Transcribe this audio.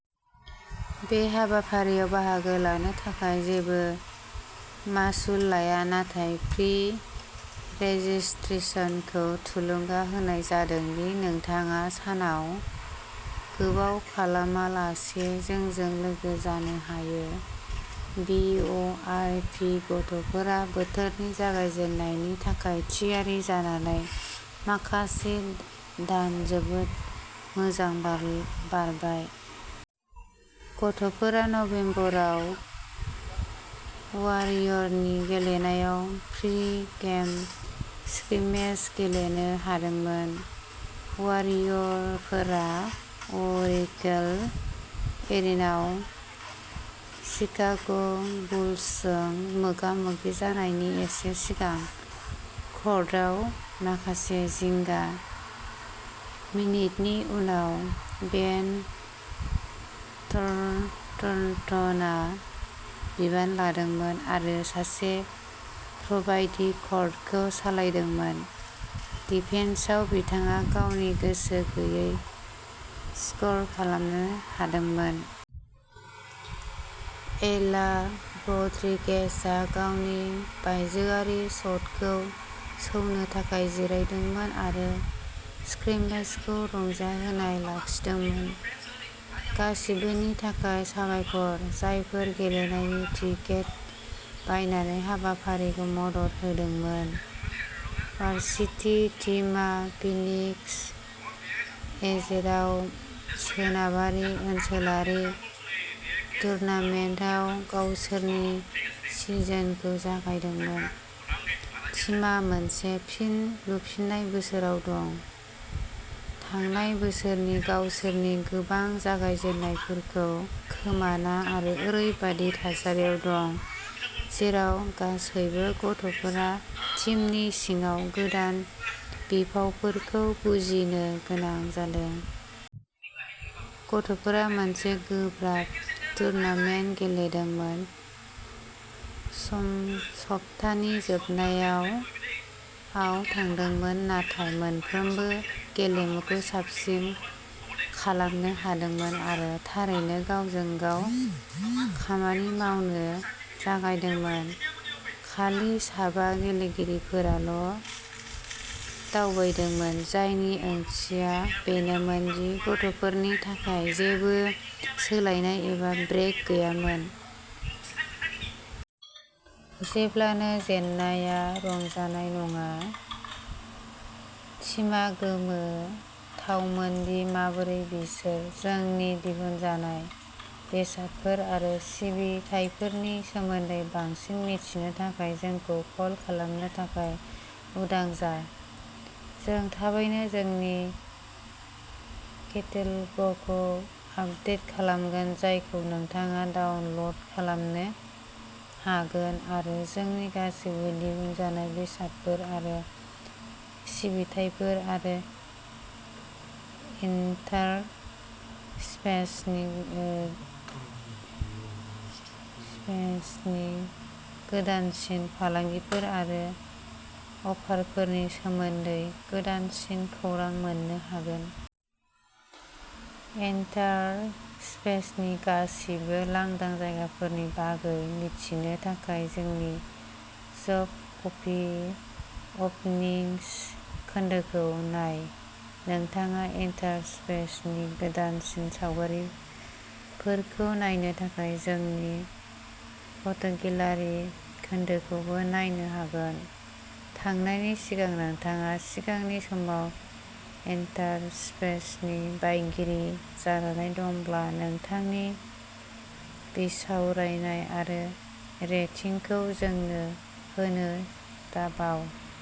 बे हाबाफारियाव बाहागो लानो थाखाय जेबो मासुल लाया नाथाय प्रि-रेजिस्ट्रेशनखौ थुलुंगा होनाय जादों दि नोंथाङा सानाव गोबाव खालामालासे जोंजों लोगो जानो हायो। बि. अ. आर. पि. गथ'फोरा बोथोरनि जागायजेन्नायनि थाखाय थियारि जानानै माखासे दान जोबोद मोजां बारो बारबाय। गथ'फोरा नबेम्बर आव वारियरनि गेलेनायाव प्रि-गेम स्क्रिमेज गेलेनो हादोंमोन, वारियरफोरा अ'रेकेल एरिनआव शिकाग'बुल्सजों मोगा-मोगि जानायनि एसे सिगां। कर्टआव माखासे जिंगा मिनिटननि उनाव, बेन थर थर्नटनआ बिबान लादोंमोन आरो सासे प्र'बायदि कर्टखौ सालायदोंमोन। डिफेन्सआव बिथाङा गावनि गोसो गोयै स्क'र खालामनो हादोंमोन। एला रड्रिगेजआ गावनि बायजोआरि शटखौ सौनो थाखाय जिरायदोंमोन आरो स्क्रिमेजखौ रंजाहोनाय लाखिदोंमोन। गासिबोनि थाखाय साबायखर, जायफोर गेलेनायनि टिकेट बायनानै हाबाफारिखौ मदद होदोंमोन। वार्सिटी टीमा फिनिक्स, एजेडआव सोनाबारि ओनसोलारि टुर्नामेन्टआव गावसोरनि सिजनखौ जागायदोंमोन। टीमा मोनसे फिन लुफिननाय बोसोराव दं, थांनाय बोसोरनि गावसोरनि गोबां जागायजेन्नायफोरखौ खोमाना, आरो ओरैबादि थासारियाव दं जेराव गासैबो गथ'फोरा टीमनि सिङाव गोदान बिफावफोरखौ बुजिनो गोनां जादों। गथ'फोरा मोनसे गोब्राब टुर्नामेन्ट गेलेदोंमोन, सम सप्तानि जोबनायाव आव थांदोंमोन, नाथाय मोनफ्रोमबो गेलेमुखौ साबसिन खालामनो हादोंमोन आरो थारैनो गावजों-गाव खामानि मावनो जागायदोंमोन। खालि साबा गेलेगिरिफोराल'दावबायदोंमोन, जायनि ओंथिया बेनोमोन दि गथ'फोरनि थाखाय जेबो सोलायनाय एबा ब्रेक गैयामोन। जेब्लानो जेननाया रंजानाय नङा, टीमा गोमोथावमोन दि माबोरै बिसोर। जोंनि दिहुनजानाय बेसादफोर आरो सिबिथाइफोरनि सोमोन्दै बांसिन मिथिनो थाखाय जोंखौ कल खालामनो थाखाय उदां जा। जों थाबैनो जोंनि केटेल'गखौ आपदेट खालामगोन, जायखौ नोंथाङा डाउनल'ड खालामनो हागोन आरो जोंनि गासैबो दिहुनजानाय बेसादफोर आरो सिबिथायफोर आरो इन्टारस्पेसनि गोदानसिन फालांगिफोर आरो अफारफोरनि सोमोन्दै गोदानसिन खौरां मोन्नो हागोन। इन्टारस्पेसनि गासिबो लांदां जायगाफोरनि बागै मिथिनो थाखाय जोंनि जब ओपनिंस खोन्दोखौ नाय। नोंथाङा इन्टारस्पेसनि गोदानसिन सावगारिफोरखौ नायनो थाखाय जोंनि फट'गेलारि खोन्दोखौबो नायनो हागोन। थांनायनि सिगां, नोंथाङा सिगांनि समाव इन्टारस्पेसनि बायगिरि जानानै दंब्ला नोंथांनि बिसावरायनाय आरो रेटिंखौ जोंनो होनो दाबाव।